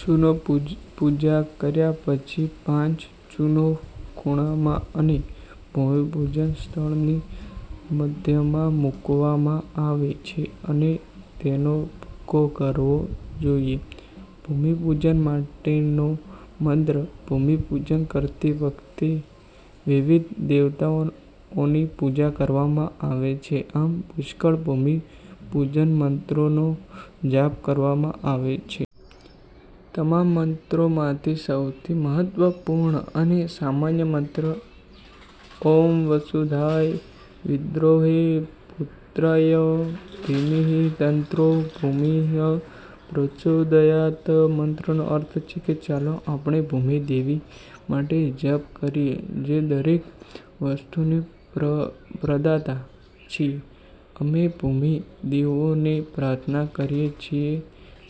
ચૂનોપૂજા કર્યા પછી, પાંચ ચૂનો ખૂણામાં અને ભૂમિપૂજન સ્થળની મધ્યમાં મૂકવામાં આવે છે અને તેનો ભૂકો કરવો જોઈએ. ભૂમિપૂજન માટેનો મંત્ર ભૂમિપૂજન કરતી વખતે વિવિધ દેવતાઓની પૂજા કરવામાં આવે છે. આમ, પુષ્કળ ભૂમિ પૂજન મંત્રોનો જાપ કરવામાં આવે છે. તમામ મંત્રોમાંથી, સૌથી મહત્વપૂર્ણ અને સામાન્ય મંત્ર ઓમ વસુંધરાય વિદ્મહે ભૂતધાત્રય ધીમહિ તન્નો ભૂમિહ પ્રચોદયાત્'. મંત્રનો અર્થ છે કે ચાલો આપણે ભૂમિ દેવી માટે જપ કરીએ, જે દરેક વસ્તુની પ્રદાતા છેઅમે ભૂમિ દેવીને પ્રાર્થના કરીએ છીએ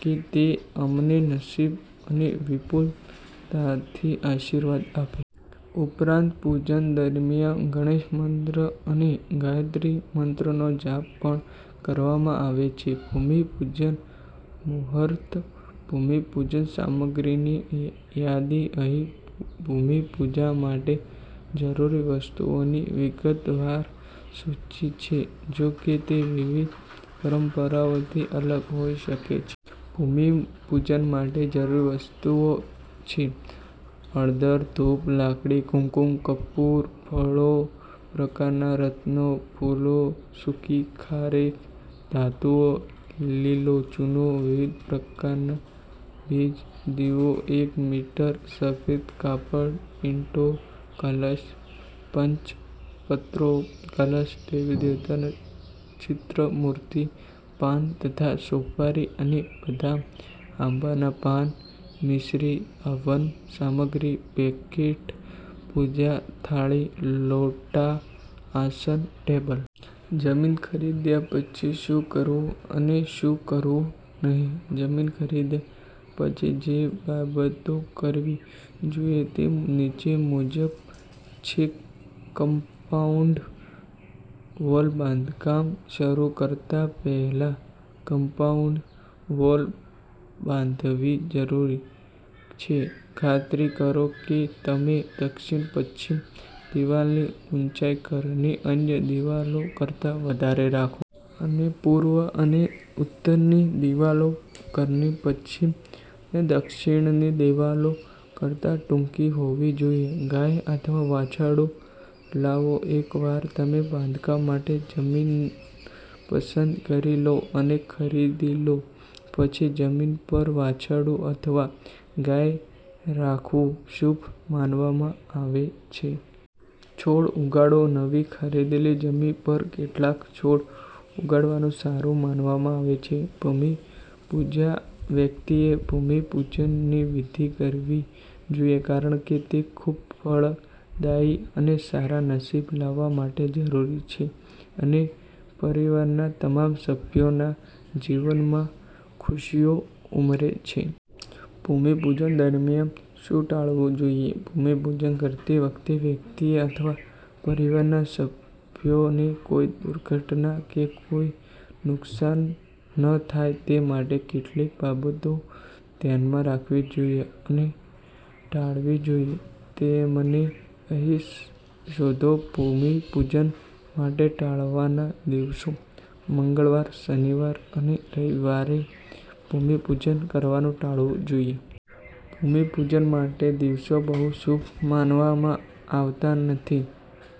કે તે અમને નસીબ અને વિપુલતાથી આશીર્વાદ આપે. ઉપરાંત પૂજન દરમિયાન ગણેશ મંત્ર અને ગાયત્રી મંત્રનો જાપ પણ કરવામાં આવે છે. ભૂમિ પૂજન મુહૂર્તભૂમિ પૂજન સામગ્રીની યાદી. અહીં ભૂમિપૂજા માટે જરૂરી વસ્તુઓની વિગતવાર સૂચિ છે. જો કે, તે વિવિધ પરંપરાઓથી અલગ હોઈ શકે છે. ભૂમિપૂજન માટે જરૂરી વસ્તુઓ છે. હળદર, ધૂપ, લાકડી, કુમકુમ, કપૂર, ફળો પ્રકારના રત્નો ફૂલો સુકી ખારેક, ધાતુઓ, લીલો ચૂનો, વિવિધ પ્રકારના બીજ, દીવો, એક મીટર સફેદ કાપડ, ઇંટો. કલશ, પંચપત્રો, કલશ, દેવતાનું ચિત્ર/મૂર્તિ, પાન તથા સોપારી અને બદામ, આંબાના પાન, મિસરી, હવન સામગ્રી પેકેટ, પૂજા થાળી, લોટા, આસન, ટેબલ. જમીન ખરીદ્યા પછી શું કરવું અને શું કરવું નહીં જમીન ખરીદ્યા પછી જે બાબતો કરવી જોઈએ તે નીચે મુજબ છેકમ્પાઉન્ડ વોલબાંધકામ શરૂ કરતા પહેલા કમ્પાઉન્ડ વોલ બાંધવી જરૂરી છે. ખાતરી કરો કે તમે દક્ષિણ-પશ્ચિમ દિવાલની ઊંચાઈ ઘરની અન્ય દિવાલો કરતા વધારે રાખો. અને પૂર્વ અને ઉત્તરની દિવાલો ઘરની પશ્ચિમ અને દક્ષિણની દિવાલો કરતા ટૂંકી હોવી જોઈએ. ગાય અથવા વાછરડું લાવોએકવાર તમે બાંધકામ માટે જમીન પસંદ કરી લો અને ખરીદી લો, પછી જમીન પર વાછરડું અથવા ગાય રાખવું શુભ માનવામાં આવે છે. છોડ ઉગાડોનવી ખરીદેલી જમીન પર કેટલાક છોડ ઉગાડવાનું સારું માનવામાં આવે છે. ભૂમિપૂજાવ્યક્તિએ ભૂમિપૂજનની વિધિ કરવી જોઈએ કારણ કે તે ખૂબફળદાયી અને સારા નસીબ લાવવા માટે જરૂરી છે અને પરિવારના તમામ સભ્યોના જીવનમાં ખુશીઓ ઉમેરે છે. ભૂમિપૂજન દરમિયાન શું ટાળવું જોઈએ ભૂમિપૂજન કરતી વખતે વ્યક્તિએ અથવા પરિવારના સભ્યોને કોઈ દુર્ઘટના કે કોઈ નુકસાનથાય તે માટે કેટલીક બાબતો ધ્યાનમાં રાખવી જોઈએ અને ટાળવી જોઈએ. તેમને અહીં શોધોભૂમિપૂજન માટે ટાળવાના દિવસોઃ મંગળવાર, શનિવાર અને રવિવારે ભૂમિપૂજન કરવાનું ટાળવું જોઈએ. ભૂમિપૂજન માટેદિવસો બહુ શુભ માનવામાં આવતા નથી.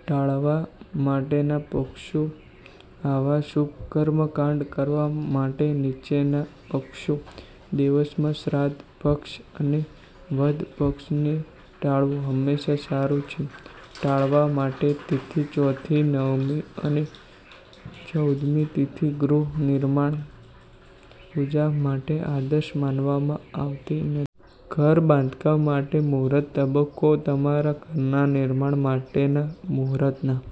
ટાળવા માટેના પક્ષો આવા શુભ કર્મકાંડ કરવા માટે નીચેના પક્ષો દિવસમાં શ્રાદ્ધ પક્ષ અને વદ પક્ષને ટાળવું હંમેશા સારું છે. ટાળવા માટેની તિથિ: ચોથી, નવમી અને ચૌદમી તિથિને ગૃહ નિર્માણ પૂજા માટે આદર્શ માનવામાં આવતી નથી. ઘર બાંધકામ માટે મુહૂર્ત તબક્કાઓ તમારા ઘરના નિર્માણ માટેના મુહૂર્તના